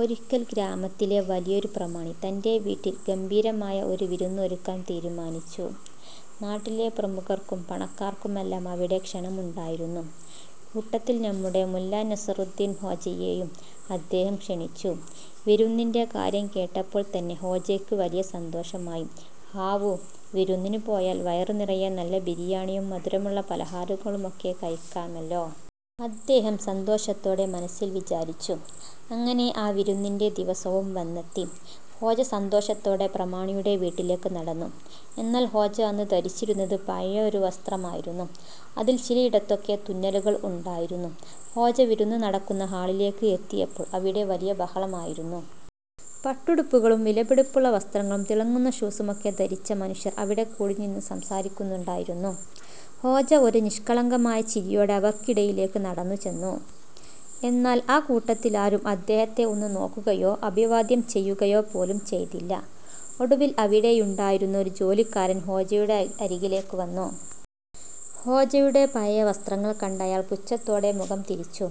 ഒരിക്കൽ, ഗ്രാമത്തിലെ വലിയൊരു പ്രമാണി തന്റെ വീട്ടിൽ ഗംഭീരമായ ഒരു വിരുന്ന് ഒരുക്കാൻ തീരുമാനിച്ചു. നാട്ടിലെ പ്രമുഖർക്കും പണക്കാർക്കുമെല്ലാം അവിടെ ക്ഷണമുണ്ടായിരുന്നു. കൂട്ടത്തിൽ നമ്മുടെ മുല്ലാ നസറുദ്ദീൻ ഹോജയെയും അദ്ദേഹം ക്ഷണിച്ചു. വിരുന്നിന്റെ കാര്യം കേട്ടപ്പോൾ തന്നെ ഹോജയ്ക്ക് വലിയ സന്തോഷമായി. "ഹാവൂ! വിരുന്നിന് പോയാൽ വയറു നിറയെ നല്ല ബിരിയാണിയും മധുരമുള്ള പലഹാരങ്ങളുമൊക്കെ കഴിക്കാമല്ലോ! " അദ്ദേഹം സന്തോഷത്തോടെ മനസ്സിൽ വിചാരിച്ചു. അങ്ങനെ, ആ വിരുന്നിന്റെ ദിവസവും വന്നെത്തി. ഹോജ സന്തോഷത്തോടെ പ്രമാണിയുടെ വീട്ടിലേക്ക് നടന്നു. എന്നാൽ, ഹോജ അന്ന് ധരിച്ചിരുന്നത് പഴയൊരു വസ്ത്രമായിരുന്നു. അതിൽ ചിലയിടത്തൊക്കെ തുന്നലുകളും ഉണ്ടായിരുന്നു. ഹോജ വിരുന്ന് നടക്കുന്ന ഹാളിലേക്ക് എത്തിയപ്പോൾ അവിടെ വലിയ ബഹളമായിരുന്നു. പട്ടുടുപ്പുകളും വിലപിടിപ്പുള്ള വസ്ത്രങ്ങളും തിളങ്ങുന്ന ഷൂസുമൊക്കെ ധരിച്ച മനുഷ്യർ അവിടെക്കൂടി നിന്ന് സംസാരിക്കുന്നുണ്ടായിരുന്നു. ഹോജ ഒരു നിഷ്കളങ്കമായ ചിരിയോടെ അവർക്കിടയിലേക്ക് നടന്നുചെന്നു. എന്നാൽ ആ കൂട്ടത്തിലാരും അദ്ദേഹത്തെ ഒന്ന് നോക്കുകയോ അഭിവാദ്യം ചെയ്യുകയോ പോലും ചെയ്തില്ല! ഒടുവിൽ അവിടെയുണ്ടായിരുന്ന ഒരു ജോലിക്കാരൻ ഹോജയുടെ അരികിലേക്ക് വന്നു. ഹോജയുടെ പഴയ വസ്ത്രങ്ങൾ കണ്ട അയാൾ പുച്ഛത്തോടെ മുഖം തിരിച്ചു.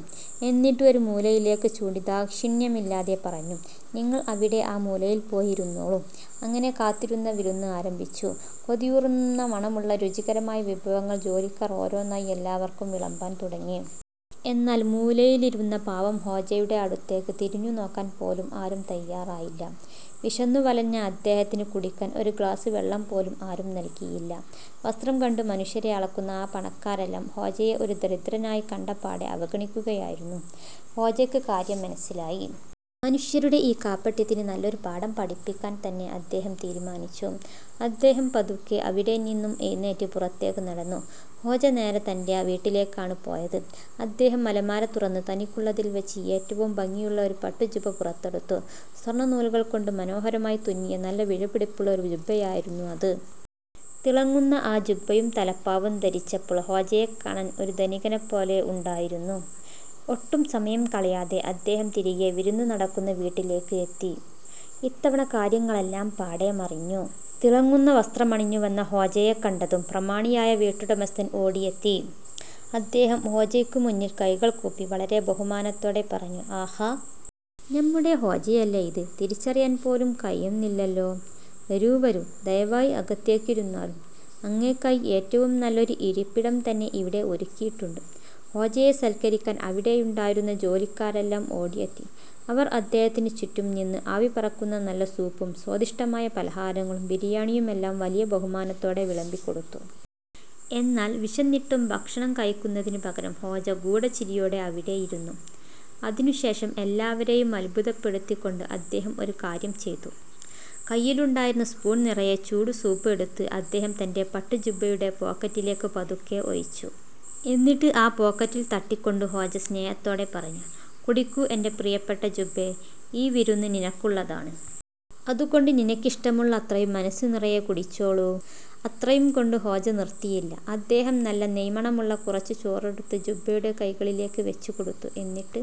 എന്നിട്ട് ഒരു മൂലയിലേക്ക് ചൂണ്ടി ദാക്ഷിണ്യമില്ലാതെ പറഞ്ഞു: "നിങ്ങൾ അവിടെ ആ മൂലയിൽ പോയി ഇരുന്നോളൂ! " അങ്ങനെ കാത്തിരുന്ന വിരുന്ന് ആരംഭിച്ചു. കൊതിയൂറുന്ന മണമുള്ള രുചികരമായ വിഭവങ്ങൾ ജോലിക്കാർ ഓരോന്നായി എല്ലാവർക്കും വിളമ്പാൻ തുടങ്ങി. എന്നാൽ, മൂലയിലിരുന്ന പാവം ഹോജയുടെ അടുത്തേക്ക് തിരിഞ്ഞുനോക്കാൻ പോലും ആരും തയ്യാറായില്ല. വിശന്നു വലഞ്ഞ അദ്ദേഹത്തിന് കുടിക്കാൻ ഒരു ഗ്ലാസ് വെള്ളം പോലും ആരും നൽകിയില്ല! വസ്ത്രം കണ്ട് മനുഷ്യരെ അളക്കുന്ന ആ പണക്കാരെല്ലാം ഹോജയെ ഒരു ദരിദ്രനായി കണ്ട് പാടെ അവഗണിക്കുകയായിരുന്നു. ഹോജയ്ക്ക് കാര്യം മനസ്സിലായി. മനുഷ്യരുടെ ഈ കാപട്യത്തിന് നല്ലൊരു പാഠം പഠിപ്പിക്കാൻ തന്നെ അദ്ദേഹം തീരുമാനിച്ചു. അദ്ദേഹം പതുക്കെ അവിടെനിന്നും എഴുന്നേറ്റ് പുറത്തേക്ക് നടന്നു. ഹോജ നേരെ തന്റെ വീട്ടിലേക്കാണ് പോയത്. അദ്ദേഹം അലമാര തുറന്ന്, തനിക്കുള്ളതിൽ വച്ച് ഏറ്റവും ഭംഗിയുള്ള ഒരു പട്ടുജുബ്ബ പുറത്തെടുത്തു. സ്വർണനൂലുകൾ കൊണ്ട് മനോഹരമായി തുന്നിയ, നല്ല വിലപിടിപ്പുള്ള ഒരു ജുബ്ബയായിരുന്നു അത്! തിളങ്ങുന്ന ആ ജുബ്ബയും തലപ്പാവും ധരിച്ചപ്പോൾ ഹോജയെ കാണാൻ ഒരു ധനികനെപ്പോലെ ഉണ്ടായിരുന്നു. ഒട്ടും സമയം കളയാതെ അദ്ദേഹം തിരികെ വിരുന്ന് നടക്കുന്ന വീട്ടിലേക്ക് എത്തി. ഇത്തവണ കാര്യങ്ങളെല്ലാം പാടെ മാറിമറിഞ്ഞു! തിളങ്ങുന്ന വസ്ത്രമണിഞ്ഞു വന്ന ഹോജയെ കണ്ടതും പ്രമാണിയായ വീട്ടുടമസ്ഥൻ ഓടിയെത്തി. അദ്ദേഹം ഹോജയ്ക്ക് മുന്നിൽ കൈകൾ കൂപ്പി വളരെ ബഹുമാനത്തോടെ പറഞ്ഞു: "ആഹാ! നമ്മുടെ ഹോജയല്ലേ ഇത്! തിരിച്ചറിയാൻ പോലും കഴിയുന്നില്ലല്ലോ! വരൂ… വരൂ… ദയവായി അകത്തേക്ക് ഇരുന്നാലും. അങ്ങേയ്ക്കായി ഏറ്റവും നല്ലൊരു ഇരിപ്പിടം തന്നെ ഇവിടെ ഒരുക്കിയിട്ടുണ്ട്. " ഹോജയെ സൽക്കരിക്കാൻ അവിടെയുണ്ടായിരുന്ന ജോലിക്കാരെല്ലാം ഓടിയെത്തി. അവർ അദ്ദേഹത്തിന് ചുറ്റും നിന്ന് ആവിപറക്കുന്ന നല്ല സൂപ്പും സ്വാദിഷ്ടമായ പലഹാരങ്ങളും ബിരിയാണിയുമെല്ലാം വലിയ ബഹുമാനത്തോടെ വിളമ്പിക്കൊടുത്തു. എന്നാൽ, വിശന്നിട്ടും ഭക്ഷണം കഴിക്കുന്നതിന് പകരം ഹോജ ഒരു ഗൂഢചിരിയോടെ അവിടെയിരുന്നു. അതിനുശേഷം എല്ലാവരെയും അത്ഭുതപ്പെടുത്തിക്കൊണ്ട് അദ്ദേഹം ഒരു കാര്യം ചെയ്തു! കയ്യിലുണ്ടായിരുന്ന സ്പൂൺ നിറയെ ചൂടുസൂപ്പ് എടുത്ത്, അദ്ദേഹം തന്റെ പട്ടുജുബ്ബയുടെ പോക്കറ്റിലേക്ക് പതുക്കെ ഒഴിച്ചു! എന്നിട്ട് ആ പോക്കറ്റിൽ തട്ടിക്കൊണ്ട് ഹോജ സ്നേഹത്തോടെ പറഞ്ഞു: "കുടിക്കൂ എന്റെ പ്രിയപ്പെട്ട ജുബ്ബേ… ഈ വിരുന്ന് നിനക്കുള്ളതാണ്. അതുകൊണ്ട് നിനക്കിഷ്ടമുള്ള അത്രയും മനസ്സുനിറയെ കുടിച്ചോളൂ! " അത്രയും കൊണ്ട് ഹോജ നിർത്തിയില്ല! അദ്ദേഹം നല്ല നെയ്മണമുള്ള കുറച്ചു ചോറെടുത്ത് ജുബ്ബയുടെ കൈകളിലേക്ക് വച്ചുകൊടുത്തു. എന്നിട്ട്